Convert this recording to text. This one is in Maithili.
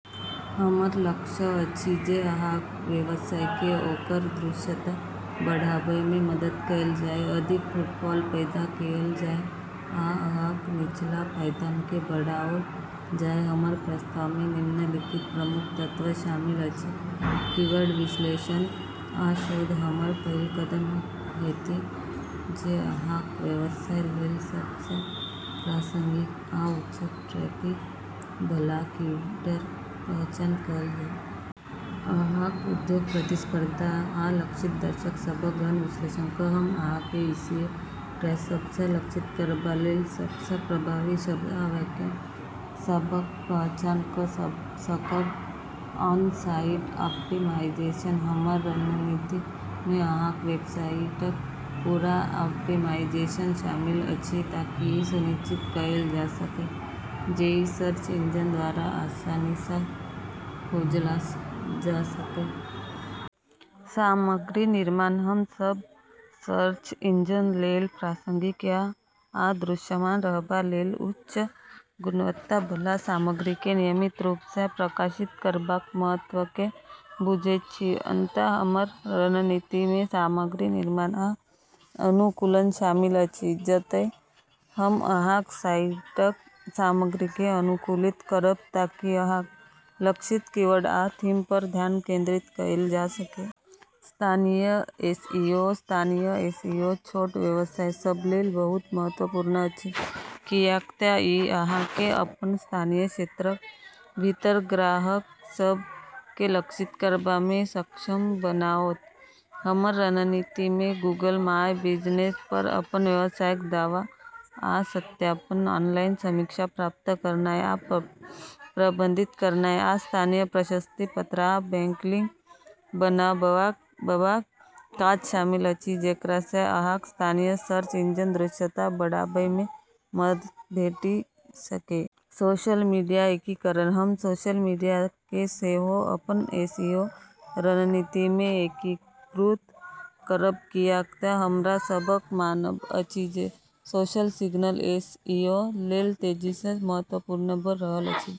हमर लक्ष्य अछि जे अहाँक व्यवसाय केँ ओकर दृश्यता बढ़ाबय मे मदद कएल जाए, अधिक फुटफॉल पैदा कएल जाए आ अहाँक निचला पायदान केँ बढ़ाओल जाए। हमर प्रस्ताव मे निम्नलिखित प्रमुख तत्व शामिल अछि: कीवर्ड विश्लेषण आ शोध: हमर पहिल कदम हेतैक जे अहाँक व्यवसाय लेल सब सँ प्रासंगिक आ उच्च ट्रैफिक बला कीवर्डक पहचान कएल जाए। अहाँक उद्योग, प्रतिस्पर्धा, आ लक्षित दर्शक सभक गहन विश्लेषण कऽ हम अहाँक एसईओ प्रयास सभ सँ लक्षित करबा लेल सब सँ प्रभावी शब्द आ वाक्यांश सभक पहचान कऽ सकब। ऑन-साइट ऑप्टिमाइजेशन: हमर रणनीति मे अहाँक वेबसाइटक पूरा ऑप्टिमाइजेशन शामिल अछि ताकि ई सुनिश्चित कएल जा सकए जे ई सर्च इंजन द्वारा आसानी सँ खोजल जा सकए। सामग्री निर्माण: हम सभ सर्च इंजन लेल प्रासंगिक आ दृश्यमान रहबा लेल उच्च गुणवत्ता बला सामग्री केँ नियमित रूप सँ प्रकाशित करबाक महत्व केँ बुझैत छी। अतः हमर रणनीति मे सामग्री निर्माण आ अनुकूलन शामिल अछि, जतए हम अहाँक साइटक सामग्री केँ अनुकूलित करब ताकि अहाँक लक्षित कीवर्ड आ थीम पर ध्यान केंद्रित कएल जा सकए। स्थानीय एसईओ: स्थानीय एसईओ छोट व्यवसाय सभ लेल बहुत महत्वपूर्ण अछि, कियाक तँ ई अहाँ केँ अपन स्थानीय क्षेत्रक भीतर ग्राहक सभ केँ लक्षित करबा मे सक्षम बनाओत। हमर रणनीति मे गूगल माय बिजनेस पर अपन व्यवसायक दावा आ सत्यापन, ऑनलाइन समीक्षा प्राप्त करनाय आ प्रबंधित करनाय, आ स्थानीय प्रशस्ति पत्र आ बैकलिंक बनाबबाक काज शामिल अछि जेकरा सँ अहाँक स्थानीय सर्च इंजन दृश्यता बढ़ाबय मे मदद भेटि सकए। सोशल मीडिया एकीकरण: हम सोशल मीडिया केँ सेहो अपन एसईओ रणनीति मे एकीकृत करब, कियाक तँ हमरा सभक मानब अछि जे सोशल सिग्नल एसईओ लेल तेजी सँ महत्वपूर्ण भऽ रहल अछि।